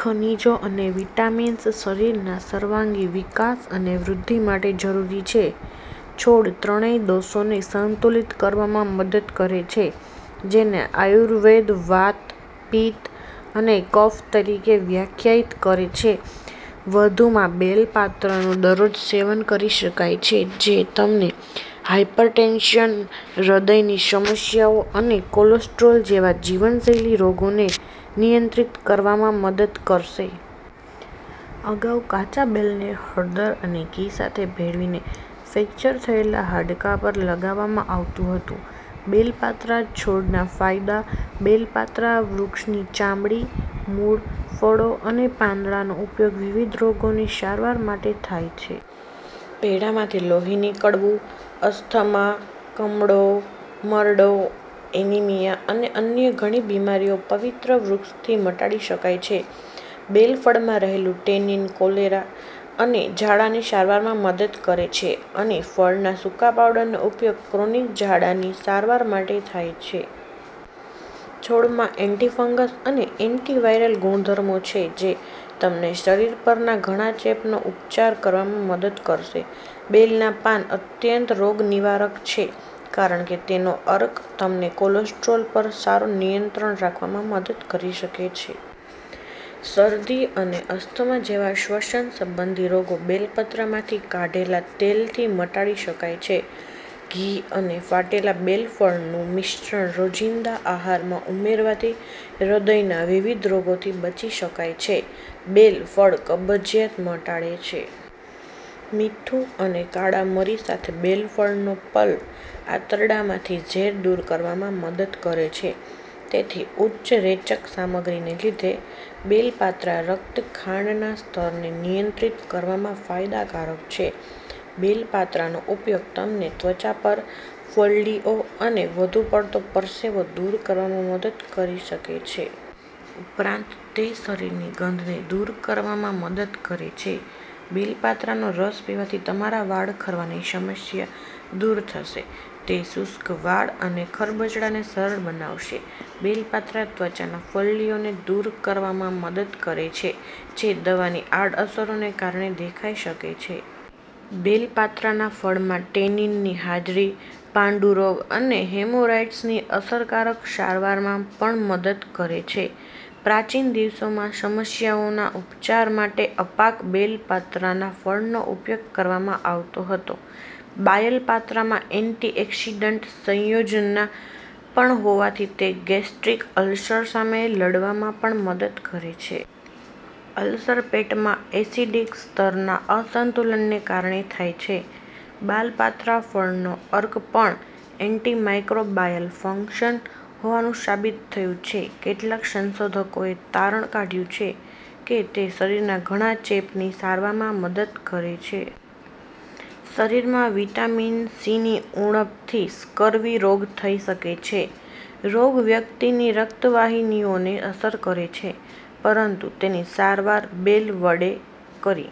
ખનિજો અને વિટામિન્સ શરીરના સર્વાંગી વિકાસ અને વૃદ્ધિ માટે જરૂરી છે. છોડ ત્રણેય દોષોને સંતુલિત કરવામાં મદદ કરે છે, જેને આયુર્વેદ વાત, પિત્ત અને કફ તરીકે વ્યાખ્યાયિત કરે છે. વધુમાં, બેલ પાત્રનું દરરોજ સેવન કરી શકાય છે, જે તમને હાયપરટેન્શન, હૃદયની સમસ્યાઓ અને કોલેસ્ટ્રોલ જેવા જીવનશૈલી રોગોને નિયંત્રિત કરવામાં મદદ કરશે. અગાઉ, કાચા બેલને હળદર અને ઘી સાથે ભેળવીને ફ્રેક્ચર થયેલા હાડકાં પર લગાવવામાં આવતું હતું. બેલ પાત્રા છોડના ફાયદા બેલ પાત્રા વૃક્ષની ચામડી, મૂળ, ફળો અને પાંદડાંનો ઉપયોગ વિવિધ રોગોની સારવાર માટે થાય છે. પેઢામાંથી લોહી નીકળવું, અસ્થમા, કમળો, મરડો, એનિમિયા અને અન્ય ઘણી બીમારીઓ પવિત્ર વૃક્ષથી મટાડી શકાય છે. બેલ ફળમાં રહેલું ટેનીન કોલેરા અને ઝાડાની સારવારમાં મદદ કરે છે અને ફળના સૂકા પાવડરનો ઉપયોગ ક્રોનિક ઝાડાની સારવાર માટે થાય છે. છોડમાં એન્ટિફંગલ અને એન્ટિવાયરલ ગુણધર્મો છે જે તમને શરીર પરના ઘણા ચેપનો ઉપચાર કરવામાં મદદ કરશે. બેલના પાન અત્યંત રોગનિવારક છે કારણ કે તેનો અર્ક તમને કોલેસ્ટ્રોલ પર સારો નિયંત્રણ રાખવામાં મદદ કરી શકે છે. શરદી અને અસ્થમા જેવા શ્વસન સંબંધી રોગો બેલ પત્રમાંથી કાઢેલા તેલથી મટાડી શકાય છે. ઘી અને ફાટેલા બેલ ફળનું મિશ્રણ રોજિંદા આહારમાં ઉમેરવાથી હૃદયના વિવિધ રોગોથી બચી શકાય છે. બેલ ફળ કબજિયાત મટાડે છે. મીઠું અને કાળા મરી સાથે બેલ ફળનો પલ્પ આંતરડામાંથી ઝેર દૂર કરવામાં મદદ કરે છે. તેની ઉચ્ચ રેચક સામગ્રીને લીધે, બેલ પાત્રા રક્ત ખાંડના સ્તરને નિયંત્રિત કરવામાં ફાયદાકારક છે. બેલ પાત્રાનો ઉપયોગ તમને ત્વચા પર ફોલ્લીઓ અને વધુ પડતો પરસેવો દૂર કરવામાં મદદ કરી શકે છે. ઉપરાંત, તે શરીરની ગંધને દૂર કરવામાં મદદ કરે છે. બેલ પાત્રાનો રસ પીવાથી તમારા વાળ ખરવાની સમસ્યા દૂર થશે. તે શુષ્ક વાળ અને ખરબચડાને સરળ બનાવશે. બેલ પાત્રા ત્વચાના ફોલ્લીઓને દૂર કરવામાં મદદ કરે છે જે દવાની આડઅસરોને કારણે દેખાઈ શકે છે. બેલ પાત્રાના ફળમાં ટેનીનની હાજરી પાંડુરોગ અને હેમોરહોઇડ્સની અસરકારક સારવારમાં પણ મદદ કરે છે. પ્રાચીન દિવસોમાં, સમસ્યાઓના ઉપચાર માટે અપાક બેલ પાત્રના ફળનો ઉપયોગ કરવામાં આવતો હતો. બાયલ પાત્રામાં એન્ટી-એક્સિડન્ટ સંયોજનો પણ હોવાથી તે ગેસ્ટ્રિક અલ્સર સામે લડવામાં પણ મદદ કરે છે. અલ્સર પેટમાં એસિડિક સ્તરના અસંતુલનને કારણે થાય છે. બાલ પાત્રા ફળનો અર્ક પણ એન્ટિમાઇક્રોબાયલ ફંક્શન્સ હોવાનું સાબિત થયું છે. કેટલાક સંશોધકોએ તારણ કાઢ્યું છે કે તે શરીરના ઘણા ચેપની સારવારમાં મદદ કરે છે. શરીરમાં વિટામિન સીની ઉણપથી સ્કર્વી રોગ થઈ શકે છે. રોગ વ્યક્તિની રક્તવાહિનીઓને અસર કરે છે પરંતુ તેની સારવાર બેલ વડે કરી